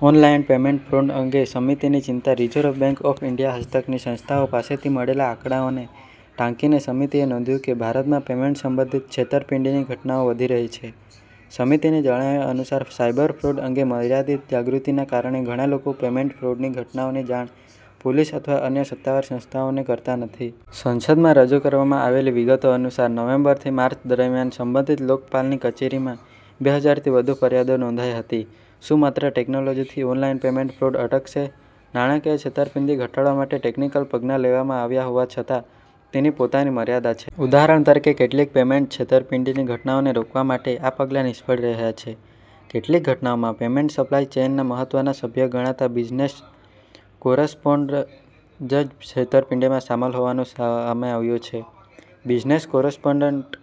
Online payment fraud અંગે સમિતિની ચિંતા રિઝર્વ બેંક ઓફ ઈન્ડિયા હસ્તકની સંસ્થાઓ પાસેથી મળેલા આંકડાઓને ટાંકીને સમિતિએ નોંધ્યું છે કે ભારતમાં પેમેન્ટ સંબંધિત છેતરપિંડીની ઘટનાઓ વધી રહી છે. સમિતિના જણાવ્યા અનુસાર, સાયબર ફ્રોડ અંગે મર્યાદિત જાગૃતિના કારણે ઘણા લોકો પેમેન્ટ ફ્રોડની ઘટનાઓની જાણ પોલીસ અથવા અન્ય સત્તાવાર સંસ્થાઓને કરતા નથી. સંસદમાં રજૂ કરવામાં આવેલી વિગતો અનુસાર, નવેમ્બરથી માર્ચ દરમિયાન સંબંધિત લોકપાલની કચેરીમાં બે હજારથી વધુ ફરિયાદો નોંધાઈ હતી. શું માત્ર ટેક્નોલોજીથી ઓનલાઈન પેમેન્ટ ફ્રોડ અટકશે? નાણાકીય છેતરપિંડી ઘટાડવા માટે ટેક્નિકલ પગલાં લેવામાં આવ્યા હોવા છતાં તેની પોતાની મર્યાદાઓ છે. ઉદાહરણ તરીકે, કેટલીક પેમેન્ટ છેતરપિંડીની ઘટનાઓને રોકવામાં આ પગલાં નિષ્ફળ રહ્યા છે. કેટલીક ઘટનાઓમાં પેમેન્ટ સપ્લાય ચેઇનના મહત્વના સભ્ય ગણાતા બિઝનેસ કોરસ્પોન્ડન્ટ જ છેતરપિંડીમાં સામેલ હોવાનું સામે આવ્યું છે. બિઝનેસ કોરસ્પોન્ડન્ટ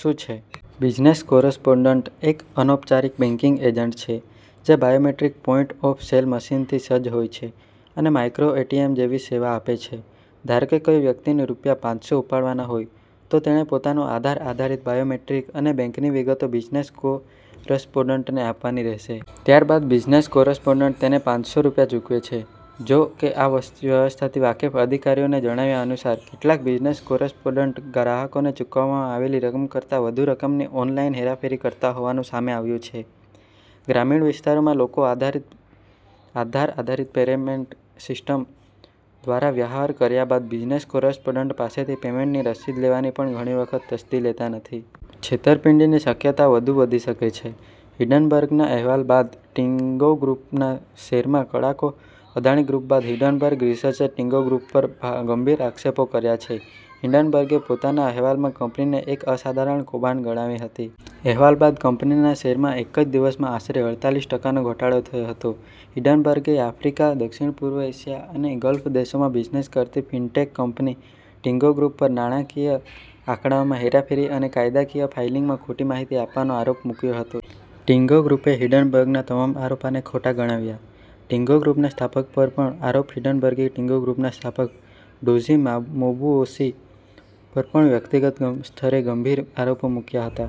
શું છે? બિઝનેસ કોરસ્પોન્ડન્ટ એક અનૌપચારિક બેંકિંગ એજન્ટ છે, જે બાયોમેટ્રિક પોઈન્ટ-ઓફ-સેલ મશીનથી સજ્જ હોય છે અને માઇક્રો-એટીએમ જેવી સેવા આપે છે. ધારો કે કોઈ વ્યક્તિને રૂપીયા પાંચસો ઉપાડવાના હોય. તો તેણે પોતાનું આધાર આધારિત બાયોમેટ્રિક અને બેંકની વિગતો બિઝનેસ કોરસ્પોન્ડન્ટને આપવાની રહે છે. ત્યારબાદ બિઝનેસ કોરસ્પોન્ડન્ટ તેને રૂપિયા પાંચસો ચૂકવે છે. જોકે, આ વ્યવસ્થાથી વાકેફ અધિકારીઓના જણાવ્યા અનુસાર, કેટલાક બિઝનેસ કોરસ્પોન્ડન્ટ ગ્રાહકોને ચૂકવવામાં આવેલી રકમ કરતાં વધુ રકમની ઓનલાઈન હેરાફેરી કરતા હોવાનું સામે આવ્યું છે. ગ્રામીણ વિસ્તારોમાં લોકો આધાર આધારિત પેમેન્ટ સિસ્ટમ દ્વારા વ્યવહાર કર્યા બાદ બિઝનેસ કોરસ્પોન્ડન્ટ પાસેથી પેમેન્ટની રસીદ લેવાની પણ ઘણી વખત તસ્દી લેતા નથી. છેતરપિંડીની શક્યતા વધુ વધી શકે છે. હિંડનબર્ગના અહેવાલ બાદ ટિન્ગો ગ્રૂપના શેરમાં કડાકો અદાણી ગ્રૂપ બાદ હિંડનબર્ગ રિસર્ચે ટિન્ગો ગ્રૂપ પર ગંભીર આક્ષેપો કર્યા છે. હિંડનબર્ગે પોતાના અહેવાલમાં કંપનીને “એક અસાધારણ કૌભાંડ” ગણાવી હતી. અહેવાલ બાદ કંપનીના શેરમાં એક જ દિવસમાં આશરે અડતાળીસ ટકાનો ઘટાડો થયો હતો. હિંડનબર્ગે આફ્રિકા, દક્ષિણપૂર્વ એશિયા અને ગલ્ફ દેશોમાં બિઝનેસ કરતી ફિનટેક કંપની ટિન્ગો ગ્રૂપ પર નાણાકીય આંકડાઓમાં હેરાફેરી અને કાયદાકીય ફાઇલિંગમાં ખોટી માહિતી આપવાનો આરોપ મૂક્યો હતો. ટિન્ગો ગ્રૂપે હિંડનબર્ગના તમામ આરોપોને ખોટા ગણાવ્યા હતા. ટિન્ગો ગ્રૂપના સ્થાપક પર પણ આરોપ હિંડનબર્ગે ટિન્ગો ગ્રૂપના સ્થાપક ડોઝી મોબુઓસી પર પણ વ્યક્તિગત સ્તરે ગંભીર આરોપો મૂક્યા હતા.